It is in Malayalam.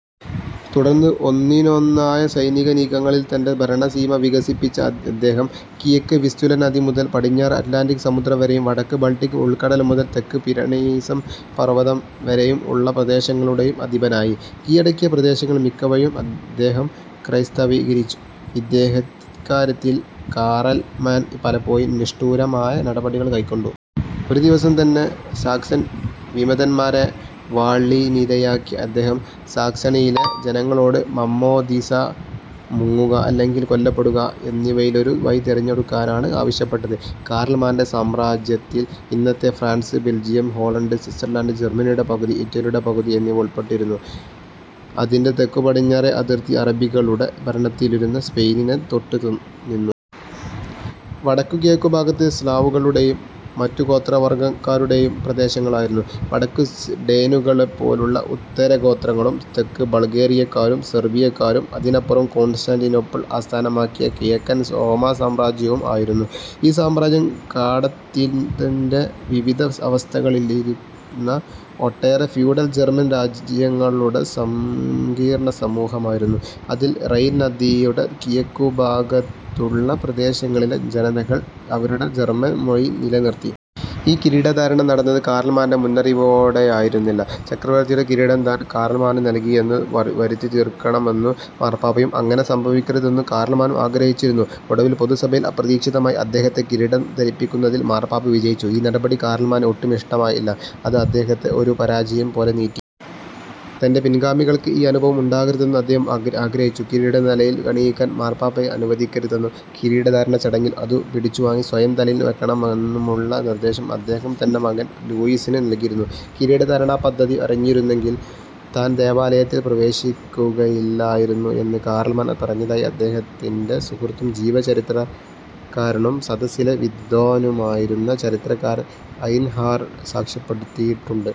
തുടർന്ന് ഒന്നിനൊന്നായ സൈനികനീക്കങ്ങളിൽ തന്റെ ഭരണസീമ വികസിപ്പിച്ച അദ്ദേഹം കിഴക്ക് വിസ്റ്റുല നദി മുതൽ പടിഞ്ഞാറ് അറ്റ്ലാന്റിക് സമുദ്രം വരേയും വടക്ക് ബാൾട്ടിക്ക് ഉൾക്കടൽ മുതൽ തെക്ക് പിരണീസ് പർവതം വരേയും ഉള്ള പ്രദേശങ്ങളുടേയും അധിപനായി. കീഴടക്കിയ പ്രദേശങ്ങൾ മിക്കവയും അദ്ദേഹം ക്രൈസ്തവീകരിച്ചു. ഇക്കാര്യത്തിൽ കാറൽമാൻ പലപ്പോഴും നിഷ്ഠൂരമായ നടപടികൾ കൈക്കൊണ്ടു. ഒരു ദിവസം തന്നെ സാക്സൻ വിമതന്മാരെ വാളിനിരയാക്കിയ അദ്ദേഹം, സാക്സണിയിലെ ജനങ്ങളോട് "മാമ്മോദീസാ മുങ്ങുക അല്ലെങ്കിൽ കൊല്ലപ്പെടുക" എന്നിവയിലൊരു വഴി തെരഞ്ഞെടുക്കാനാണ് ആവശ്യപ്പെട്ടത്. കാറൽമാന്റെ സാമ്രാജ്യത്തിൽ ഇന്നത്തെ ഫ്രാൻസ്, ബെൽജിയം, ഹോളണ്ട്, സ്വിറ്റ്സർലാന്റ്, ജർമ്മനിയുടെ പകുതി, ഇറ്റലിയുടെ പകുതി എന്നിവ ഉൾപ്പെട്ടിരുന്നു. അതിന്റെ തെക്കു പടിഞ്ഞാറേ അതിർത്തി അറബികളുടെ ഭരണത്തിലിരുന്ന സ്പെയിനിനെ തൊട്ടു നിന്നു. വടക്കു കിഴക്കു ഭാഗത്ത് സ്ലാവുകളുടേയും മറ്റു ഗോത്രവർഗ്ഗക്കാരുടേയും പ്രദേശങ്ങളായിരുന്നു; വടക്ക് ഡേനുകളേപ്പോലുള്ള ഉത്തരഗോത്രങ്ങളും, തെക്ക് ബൾഗേറിയാക്കാരും സെർബിയാക്കാരും, അതിനപ്പുറം കോൺസ്റ്റാന്റിനോപ്പിൾ ആസ്ഥാനമാക്കിയ കിഴക്കൻ റോമാസാമ്രാജ്യവും ആയിരുന്നു. ഈ സാമ്രാജ്യം, കാടത്തത്തിന്റെ വിവിധ അവസ്ഥകളിലിരുന്ന ഒട്ടേറെ ഫ്യൂഡൽ ജർമ്മൻ രാജ്യങ്ങളുടെ സങ്കീർണ്ണസമൂഹമായിരുന്നു. അതിൽ റൈൻ നദിയുടെ കിഴക്കു ഭാഗത്തുള്ള പ്രദേശങ്ങളിലെ ജനതകൾ അവരുടെ ജർമ്മൻ മൊഴി നിലനിർത്തി. ഈ കിരീടധാരണം നടന്നത് കാറൽമാന്റെ മുന്നറിവോടെ ആയിരുന്നില്ല. ചക്രവർത്തിയുടെ കിരീടം താൻ കാറൽമാനു നൽകി എന്നു വരുത്തിതീർക്കണമെന്നു മാർപ്പാപ്പയും അങ്ങനെ സംഭവിക്കരുതെന്നു കാറൽമാനും ആഗ്രഹിച്ചിരുന്നു. ഒടുവിൽ പൊതുസഭയിൽ അപ്രതീക്ഷിതമായി അദ്ദേഹത്തെ കിരീടം ധരിപ്പിക്കുന്നതിൽ മാർപ്പാപ്പ വിജയിച്ചു. ഈ നടപടി കാറൽമാന് ഒട്ടും ഇഷ്ടമായില്ല. അത് അദ്ദേഹത്തെ ഒരു പരാജയം പോലെ നീറ്റി. തന്റെ പിൻഗാമികൾക്ക് ഈ അനുഭവം ഉണ്ടാകരുതെന്ന് അദ്ദേഹം ആഗ്രഹിച്ചു. കിരീടം തലയിൽ അണിയിക്കാൻ മാർപ്പാപ്പയെ അനുവദിക്കരുതെന്നും കിരീടധാരണച്ചടങ്ങിൽ അതു പിടിച്ചു വാങ്ങി സ്വയം തലയിൽ വയ്ക്കണമെന്നുമുള്ള നിർദ്ദേശം അദ്ദേഹം തന്റെ മകൻ ലൂയീസിനു നൽകിയിരുന്നു. കിരീടധാരണപദ്ധതി അറിഞ്ഞിരുന്നെങ്കിൽ താൻ ദേവാലയത്തിൽ പ്രവേശിക്കുകയില്ലായിരുന്നു എന്നു കാറൽമാൻ പറഞ്ഞതായി അദ്ദേഹത്തിന്റെ സുഹൃത്തും, ജീവചരിത്രകാരനും സദസ്സിലെ വിദ്വാനുമായിരുന്ന ചരിത്രകാരൻ ഐയ്ൻഹാർഡ് സാക്ഷ്യപ്പെടുത്തിയിട്ടുണ്ട്.